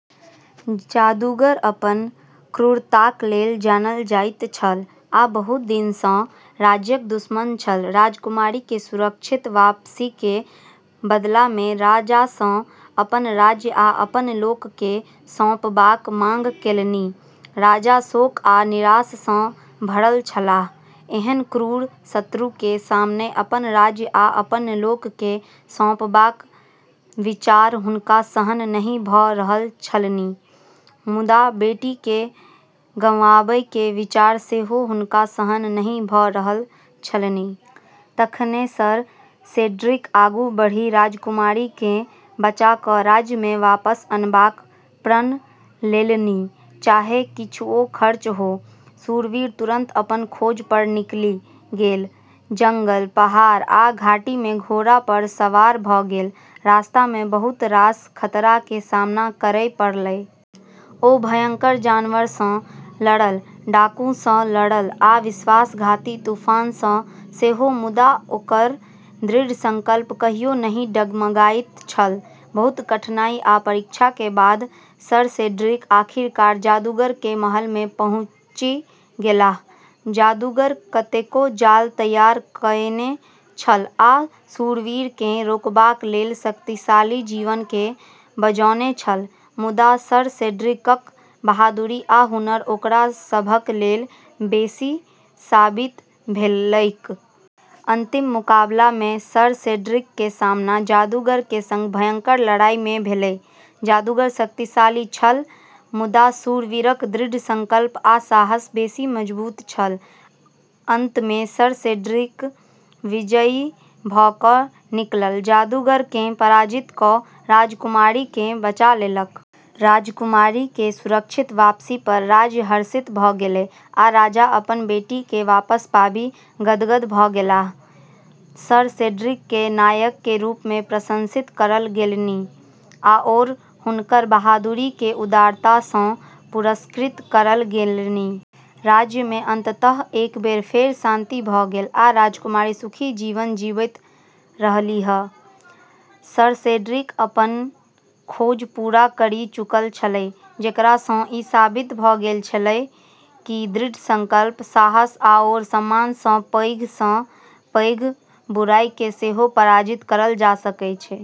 जादूगर अपन क्रूरताक लेल जानल जाइत छल आ बहुत दिनसँ राज्यक दुश्मन छल राजकुमारीके सुरक्षित वापसीके बदलामे राजासँ अपन राज्य आ अपन लोकके सौंपबाक मांग केलनि। राजा शोक आ निराशासँ भरल छलाह एहन क्रूर शत्रुके सामने अपन राज्य आ अपन लोकके सौंपबाक विचार हुनका सहन नहि भ' रहल छलनि, मुदा बेटीके गंवाबैके विचार सेहो हुनका सहन नहि भ' रहल छलनि। तखने सर सेड्रिक आगू बढ़ि राजकुमारीकेँ बचा क' राज्यमे वापस अनबाक प्रण लेलनि, चाहे किछुओ खर्च हो। शूरवीर तुरंत अपन खोज पर निकलि गेल, जंगल, पहाड़ आ घाटीमे घोड़ा पर सवार भ' गेल, रस्तामे बहुत रास खतराके सामना करै पड़लै। ओ भयंकर जानवरसँ लड़ल, डाकूसँ लड़ल आ विश्वासघाती तूफानसँ सेहो, मुदा ओकर दृढ़ संकल्प कहियो नहि डगमगाइत छल। बहुत कठिनाई आ परीक्षाके बाद सर सेड्रिक आखिरकार जादूगरके महलमे पहुँचि गेलाह। जादूगर कतेको जाल तैयार कएने छल आ शूरवीरकेँ रोकबाक लेल शक्तिशाली जीवकेँ बजौने छल, मुदा सर सेड्रिकक बहादुरी आ हुनर ओकरा सभक लेल बेशी साबित भेलैक। अंतिम मुकाबलामे सर सेड्रिकके सामना जादूगरके सङ्ग भयंकर लड़ाइमे भेलै। जादूगर शक्तिशाली छल, मुदा शूरवीरक दृढ़ संकल्प आ साहस बेशी मजबूत छल। अंतमे सर सेड्रिक विजयी भ' क' निकलल, जादूगरकेँ पराजित क' राजकुमारीकेँ बचा लेलक। राजकुमारीके सुरक्षित वापसी पर राज्य हर्षित भ' गेलै, आ राजा अपन बेटीके वापस पाबि गदगद भ' गेलाह । सर सेड्रिकके नायकके रूपमे प्रशंसित करल गेलनि आओर हुनकर बहादुरीके उदारता सँ पुरस्कृत करल गेलनि । राज्यमे अंततः एक बेर फेर शांति भ' गेल, आ राजकुमारी सुखी जीवन जीबैत रहलीह। सर सेड्रिक अपनऽ खोज पूरा करि चुकल छलै, जेकरासँ ई साबित भ' गेल छलै कि दृढ़ संकल्प, साहस आओर सम्मानसँ पैघसँ पैघ बुराइके सेहो पराजित करल जा सकै छै।